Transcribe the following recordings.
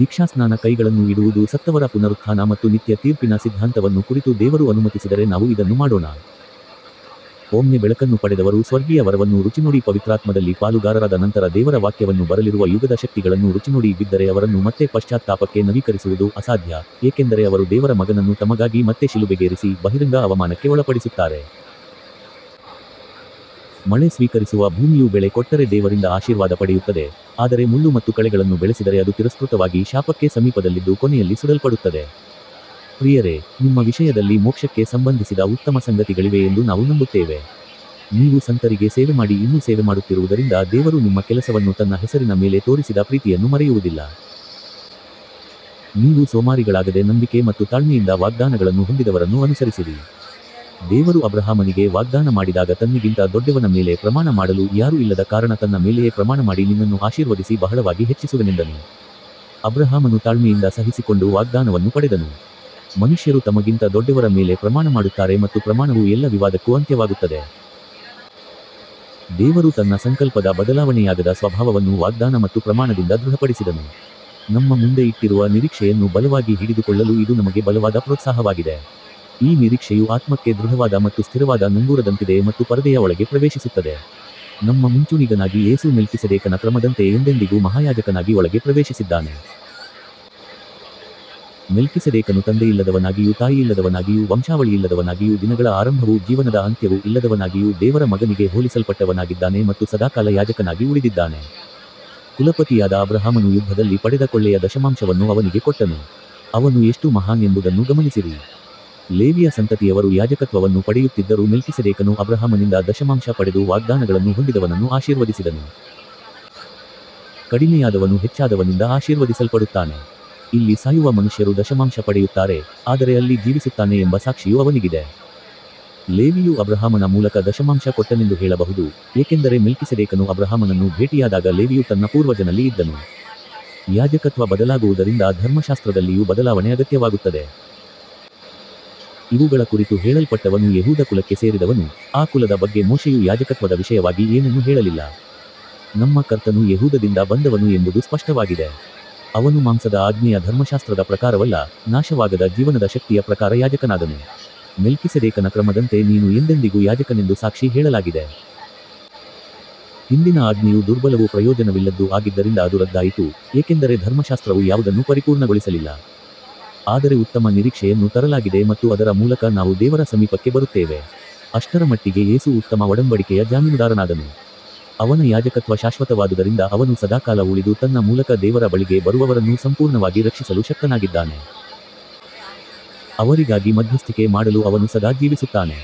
ದೀಕ್ಷಾಸ್ನಾನ ಕೈಗಳನ್ನು ಇಡುವುದು ಸತ್ತವರ ಪುನರುತ್ಥಾನ ಮತ್ತು ನಿತ್ಯ ತೀರ್ಪಿನ ಸಿದ್ಧಾಂತವನ್ನು ಕುರಿತು ದೇವರು ಅನುಮತಿಸಿದರೆ ನಾವು ಇದನ್ನು ಮಾಡೋಣ. ಒಮ್ಮೆ ಬೆಳಕನ್ನು ಪಡೆದವರು ಸ್ವರ್ಗೀಯ ವರವನ್ನು ರುಚಿನೋಡಿ ಪವಿತ್ರಾತ್ಮದಲ್ಲಿ ಪಾಲುಗಾರರಾದ ನಂತರ ದೇವರ ವಾಕ್ಯವನ್ನೂ ಬರಲಿರುವ ಯುಗದ ಶಕ್ತಿಗಳನ್ನೂ ರುಚಿನೋಡಿ ಬಿದ್ದರೆ ಅವರನ್ನು ಮತ್ತೆ ಪಶ್ಚಾತ್ತಾಪಕ್ಕೆ ನವೀಕರಿಸುವುದು ಅಸಾಧ್ಯ, ಏಕೆಂದರೆ ಅವರು ದೇವರ ಮಗನನ್ನು ತಮಗಾಗಿ ಮತ್ತೆ ಶಿಲುಬೆಗೇರಿಸಿ ಬಹಿರಂಗ ಅವಮಾನಕ್ಕೆ ಒಳಪಡಿಸುತ್ತಾರೆ. ಮಳೆ ಸ್ವೀಕರಿಸುವ ಭೂಮಿಯು ಬೆಳೆ ಕೊಟ್ಟರೆ ದೇವರಿಂದ ಆಶೀರ್ವಾದ ಪಡೆಯುತ್ತದೆ, ಆದರೆ ಮುಳ್ಳು ಮತ್ತು ಕಳೆಗಳನ್ನು ಬೆಳೆಸಿದರೆ ಅದು ತಿರಸ್ಕೃತವಾಗಿ ಶಾಪಕ್ಕೆ ಸಮೀಪದಲ್ಲಿದ್ದು ಕೊನೆಯಲ್ಲಿ ಸುಡಲ್ಪಡುತ್ತದೆ. ಪ್ರಿಯರೇ, ನಿಮ್ಮ ವಿಷಯದಲ್ಲಿ ಮೋಕ್ಷಕ್ಕೆ ಸಂಬಂಧಿಸಿದ ಉತ್ತಮ ಸಂಗತಿಗಳಿವೆ ಎಂದು ನಾವು ನಂಬುತ್ತೇವೆ. ನೀವು ಸಂತರಿಗೆ ಸೇವೆಮಾಡಿ ಇನ್ನೂ ಸೇವೆಮಾಡುತ್ತಿರುವುದರಿಂದ ದೇವರು ನಿಮ್ಮ ಕೆಲಸವನ್ನೂ ತನ್ನ ಹೆಸರಿನ ಮೇಲೆ ತೋರಿಸಿದ ಪ್ರೀತಿಯನ್ನೂ ಮರೆಯುವುದಿಲ್ಲ. ನೀವು ಸೋಮಾರಿಗಳಾಗದೆ ನಂಬಿಕೆ ಮತ್ತು ತಾಳ್ಮೆಯಿಂದ ವಾಗ್ದಾನಗಳನ್ನು ಹೊಂದಿದವರನ್ನು ಅನುಸರಿಸಿರಿ. ದೇವರು ಅಬ್ರಹಾಮನಿಗೆ ವಾಗ್ದಾನ ಮಾಡಿದಾಗ ತನ್ನಿಗಿಂತ ದೊಡ್ಡವನ ಮೇಲೆ ಪ್ರಮಾಣ ಮಾಡಲು ಯಾರೂ ಇಲ್ಲದ ಕಾರಣ ತನ್ನ ಮೇಲೆಯೇ ಪ್ರಮಾಣಮಾಡಿ ನಿನ್ನನ್ನು ಆಶೀರ್ವದಿಸಿ ಬಹಳವಾಗಿ ಹೆಚ್ಚಿಸುವೆನೆಂದನು. ಅಬ್ರಹಾಮನು ತಾಳ್ಮೆಯಿಂದ ಸಹಿಸಿಕೊಂಡು ವಾಗ್ದಾನವನ್ನು ಪಡೆದನು. ಮನುಷ್ಯರು ತಮಗಿಂತ ದೊಡ್ಡವರ ಮೇಲೆ ಪ್ರಮಾಣಮಾಡುತ್ತಾರೆ ಮತ್ತು ಪ್ರಮಾಣವು ಎಲ್ಲ ವಿವಾದಕ್ಕೂ ಅಂತ್ಯವಾಗುತ್ತದೆ. ದೇವರು ತನ್ನ ಸಂಕಲ್ಪದ ಬದಲಾವಣೆಯಾಗದ ಸ್ವಭಾವವನ್ನು ವಾಗ್ದಾನ ಮತ್ತು ಪ್ರಮಾಣದಿಂದ ದೃಢಪಡಿಸಿದನು. ನಮ್ಮ ಮುಂದೆ ಇಟ್ಟಿರುವ ನಿರೀಕ್ಷೆಯನ್ನು ಬಲವಾಗಿ ಹಿಡಿದುಕೊಳ್ಳಲು ಇದು ನಮಗೆ ಬಲವಾದ ಪ್ರೋತ್ಸಾಹವಾಗಿದೆ. ಈ ನಿರೀಕ್ಷೆಯು ಆತ್ಮಕ್ಕೆ ದೃಢವಾದ ಮತ್ತು ಸ್ಥಿರವಾದ ನಂಗೂರದಂತಿದೆ ಮತ್ತು ಪರದೆಯ ಒಳಗೆ ಪ್ರವೇಶಿಸುತ್ತದೆ. ನಮ್ಮ ಮುಂಚೂಣಿಗನಾಗಿ ಯೇಸು ಮೆಲ್ಕಿಸೆದೇಕನ ಕ್ರಮದಂತೆ ಎಂದೆಂದಿಗೂ ಮಹಾಯಾಜಕನಾಗಿ ಒಳಗೆ ಪ್ರವೇಶಿಸಿದ್ದಾನೆ. ಮೆಲ್ಕಿಸೆದೇಕನು ತಂದೆಯಿಲ್ಲದವನಾಗಿಯೂ ತಾಯಿಯಿಲ್ಲದವನಾಗಿಯೂ ವಂಶಾವಳಿಯಿಲ್ಲದವನಾಗಿಯೂ ದಿನಗಳ ಆರಂಭವೂ ಜೀವನದ ಅಂತ್ಯವೂ ಇಲ್ಲದವನಾಗಿಯೂ ದೇವರ ಮಗನಿಗೆ ಹೋಲಿಸಲ್ಪಟ್ಟವನಾಗಿದ್ದಾನೆ ಮತ್ತು ಸದಾಕಾಲ ಯಾಜಕನಾಗಿ ಉಳಿದಿದ್ದಾನೆ. ಕುಲಪತಿಯಾದ ಅಬ್ರಹಾಮನು ಯುದ್ಧದಲ್ಲಿ ಪಡೆದ ಕೊಳ್ಳೆಯ ದಶಮಾಂಶವನ್ನು ಅವನಿಗೆ ಕೊಟ್ಟನು. ಅವನು ಎಷ್ಟು ಮಹಾನ್ ಎಂಬುದನ್ನು ಗಮನಿಸಿರಿ. ಲೇವಿಯ ಸಂತತಿಯವರು ಯಾಜಕತ್ವವನ್ನು ಪಡೆಯುತ್ತಿದ್ದರೂ ಮೆಲ್ಕಿಸೆದೇಕನು ಅಬ್ರಹಾಮನಿಂದ ದಶಮಾಂಶ ಪಡೆದು ವಾಗ್ದಾನಗಳನ್ನು ಹೊಂದಿದವನನ್ನು ಆಶೀರ್ವದಿಸಿದನು. ಕಡಿಮೆಯಾದವನು ಹೆಚ್ಚಾದವನಿಂದ ಆಶೀರ್ವದಿಸಲ್ಪಡುತ್ತಾನೆ. ಇಲ್ಲಿ ಸಾಯುವ ಮನುಷ್ಯರು ದಶಮಾಂಶ ಪಡೆಯುತ್ತಾರೆ, ಆದರೆ ಅಲ್ಲಿ ಜೀವಿಸುತ್ತಾನೆ ಎಂಬ ಸಾಕ್ಷಿಯು ಅವನಿಗಿದೆ. ಲೇವಿಯೂ ಅಬ್ರಹಾಮನ ಮೂಲಕ ದಶಮಾಂಶ ಕೊಟ್ಟನೆಂದು ಹೇಳಬಹುದು, ಏಕೆಂದರೆ ಮೆಲ್ಕಿಸೆದೇಕನು ಅಬ್ರಹಾಮನನ್ನು ಭೇಟಿಯಾದಾಗ ಲೇವಿಯು ತನ್ನ ಪೂರ್ವಜನಲ್ಲಿ ಇದ್ದನು. ಯಾಜಕತ್ವ ಬದಲಾಗುವುದರಿಂದ ಧರ್ಮಶಾಸ್ತ್ರದಲ್ಲಿಯೂ ಬದಲಾವಣೆ ಅಗತ್ಯವಾಗುತ್ತದೆ. ಇವುಗಳ ಕುರಿತು ಹೇಳಲ್ಪಟ್ಟವನು ಯೆಹೂದ ಕುಲಕ್ಕೆ ಸೇರಿದವನು, ಆ ಕುಲದ ಬಗ್ಗೆ ಮೋಶೆಯು ಯಾಜಕತ್ವದ ವಿಷಯವಾಗಿ ಏನನ್ನೂ ಹೇಳಲಿಲ್ಲ. ನಮ್ಮ ಕರ್ತನು ಯೆಹೂದದಿಂದ ಬಂದವನು ಎಂಬುದು ಸ್ಪಷ್ಟವಾಗಿದೆ. ಅವನು ಮಾಂಸದ ಆಜ್ಞೆಯ ಧರ್ಮಶಾಸ್ತ್ರದ ಪ್ರಕಾರವಲ್ಲ, ನಾಶವಾಗದ ಜೀವನದ ಶಕ್ತಿಯ ಪ್ರಕಾರ ಯಾಜಕನಾದನು. ಮೆಲ್ಕಿಸೆದೇಕನ ಕ್ರಮದಂತೆ ನೀನು ಎಂದೆಂದಿಗೂ ಯಾಜಕನೆಂದು ಸಾಕ್ಷಿ ಹೇಳಲಾಗಿದೆ. ಹಿಂದಿನ ಆಜ್ಞೆಯು ದುರ್ಬಲವೂ ಪ್ರಯೋಜನವಿಲ್ಲದ್ದೂ ಆಗಿದ್ದರಿಂದ ಅದು ರದ್ದಾಯಿತು, ಏಕೆಂದರೆ ಧರ್ಮಶಾಸ್ತ್ರವು ಯಾವುದನ್ನೂ ಪರಿಪೂರ್ಣಗೊಳಿಸಲಿಲ್ಲ. ಆದರೆ ಉತ್ತಮ ನಿರೀಕ್ಷೆಯನ್ನು ತರಲಾಗಿದೆ ಮತ್ತು ಅದರ ಮೂಲಕ ನಾವು ದೇವರ ಸಮೀಪಕ್ಕೆ ಬರುತ್ತೇವೆ. ಅಷ್ಟರಮಟ್ಟಿಗೆ ಯೇಸು ಉತ್ತಮ ಒಡಂಬಡಿಕೆಯ ಜಾಮೀನುದಾರನಾದನು. ಅವನ ಯಾಜಕತ್ವ ಶಾಶ್ವತವಾದುದರಿಂದ ಅವನು ಸದಾಕಾಲ ಉಳಿದು ತನ್ನ ಮೂಲಕ ದೇವರ ಬಳಿಗೆ ಬರುವವರನ್ನು ಸಂಪೂರ್ಣವಾಗಿ ರಕ್ಷಿಸಲು ಶಕ್ತನಾಗಿದ್ದಾನೆ. ಅವರಿಗಾಗಿ ಮಧ್ಯಸ್ಥಿಕೆ ಮಾಡಲು ಅವನು ಸದಾ ಜೀವಿಸುತ್ತಾನೆ.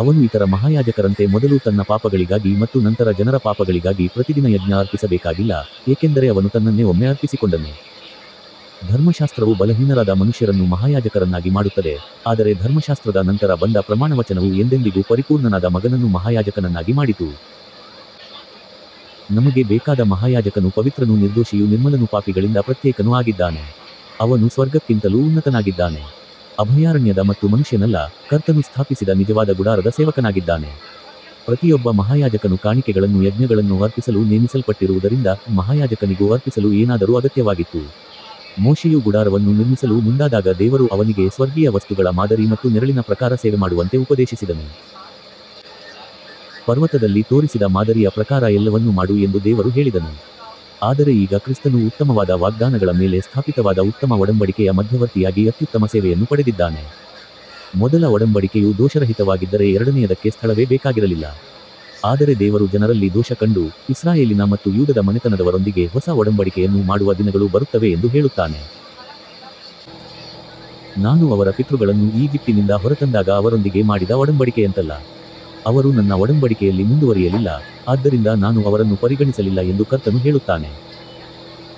ಅವನು ಇತರ ಮಹಾಯಾಜಕರಂತೆ ಮೊದಲು ತನ್ನ ಪಾಪಗಳಿಗಾಗಿ ಮತ್ತು ನಂತರ ಜನರ ಪಾಪಗಳಿಗಾಗಿ ಪ್ರತಿದಿನ ಯಜ್ಞ ಅರ್ಪಿಸಬೇಕಾಗಿಲ್ಲ, ಏಕೆಂದರೆ ಅವನು ತನ್ನನ್ನೇ ಒಮ್ಮೆ ಅರ್ಪಿಸಿಕೊಂಡನು. ಧರ್ಮಶಾಸ್ತ್ರವು ಬಲಹೀನರಾದ ಮನುಷ್ಯರನ್ನು ಮಹಾಯಾಜಕರನ್ನಾಗಿ ಮಾಡುತ್ತದೆ, ಆದರೆ ಧರ್ಮಶಾಸ್ತ್ರದ ನಂತರ ಬಂದ ಪ್ರಮಾಣವಚನವು ಎಂದೆಂದಿಗೂ ಪರಿಪೂರ್ಣನಾದ ಮಗನನ್ನು ಮಹಾಯಾಜಕನನ್ನಾಗಿ ಮಾಡಿತು. ನಮಗೆ ಬೇಕಾದ ಮಹಾಯಾಜಕನು ಪವಿತ್ರನೂ ನಿರ್ದೋಷಿಯೂ ನಿರ್ಮಲನೂ ಪಾಪಿಗಳಿಂದ ಪ್ರತ್ಯೇಕನೂ ಆಗಿದ್ದಾನೆ. ಅವನು ಸ್ವರ್ಗಕ್ಕಿಂತಲೂ ಉನ್ನತನಾಗಿದ್ದಾನೆ. ಅಭಯಾರಣ್ಯದ ಮತ್ತು ಮನುಷ್ಯನಲ್ಲ, ಕರ್ತನು ಸ್ಥಾಪಿಸಿದ ನಿಜವಾದ ಗುಡಾರದ ಸೇವಕನಾಗಿದ್ದಾನೆ. ಪ್ರತಿಯೊಬ್ಬ ಮಹಾಯಾಜಕನು ಕಾಣಿಕೆಗಳನ್ನೂ ಯಜ್ಞಗಳನ್ನೂ ಅರ್ಪಿಸಲು ನೇಮಿಸಲ್ಪಟ್ಟಿರುವುದರಿಂದ ಈ ಮಹಾಯಾಜಕನಿಗೂ ಅರ್ಪಿಸಲು ಏನಾದರೂ ಅಗತ್ಯವಾಗಿತ್ತು. ಮೋಶೆಯು ಗುಡಾರವನ್ನು ನಿರ್ಮಿಸಲು ಮುಂದಾದಾಗ ದೇವರು ಅವನಿಗೆ ಸ್ವರ್ಗೀಯ ವಸ್ತುಗಳ ಮಾದರಿ ಮತ್ತು ನೆರಳಿನ ಪ್ರಕಾರ ಸೇವೆಮಾಡುವಂತೆ ಉಪದೇಶಿಸಿದನು. ಪರ್ವತದಲ್ಲಿ ತೋರಿಸಿದ ಮಾದರಿಯ ಪ್ರಕಾರ ಎಲ್ಲವನ್ನೂ ಮಾಡು ಎಂದು ದೇವರು ಹೇಳಿದನು. ಆದರೆ ಈಗ ಕ್ರಿಸ್ತನು ಉತ್ತಮವಾದ ವಾಗ್ದಾನಗಳ ಮೇಲೆ ಸ್ಥಾಪಿತವಾದ ಉತ್ತಮ ಒಡಂಬಡಿಕೆಯ ಮಧ್ಯವರ್ತಿಯಾಗಿ ಅತ್ಯುತ್ತಮ ಸೇವೆಯನ್ನು ಪಡೆದಿದ್ದಾನೆ. ಮೊದಲ ಒಡಂಬಡಿಕೆಯು ದೋಷರಹಿತವಾಗಿದ್ದರೆ ಎರಡನೆಯದಕ್ಕೆ ಸ್ಥಳವೇ ಬೇಕಾಗಿರಲಿಲ್ಲ. ಆದರೆ ದೇವರು ಜನರಲ್ಲಿ ದೋಷ ಕಂಡು, ಇಸ್ರಾಯೇಲಿನ ಮತ್ತು ಯೂದದ ಮನೆತನದವರೊಂದಿಗೆ ಹೊಸ ಒಡಂಬಡಿಕೆಯನ್ನು ಮಾಡುವ ದಿನಗಳು ಬರುತ್ತವೆ ಎಂದು ಹೇಳುತ್ತಾನೆ. ನಾನು ಅವರ ಪಿತೃಗಳನ್ನು ಈಜಿಪ್ಟಿನಿಂದ ಹೊರತಂದಾಗ ಅವರೊಂದಿಗೆ ಮಾಡಿದ ಒಡಂಬಡಿಕೆಯಂತಲ್ಲ. ಅವರು ನನ್ನ ಒಡಂಬಡಿಕೆಯಲ್ಲಿ ಮುಂದುವರಿಯಲಿಲ್ಲ, ಆದ್ದರಿಂದ ನಾನು ಅವರನ್ನು ಪರಿಗಣಿಸಲಿಲ್ಲ ಎಂದು ಕರ್ತನು ಹೇಳುತ್ತಾನೆ.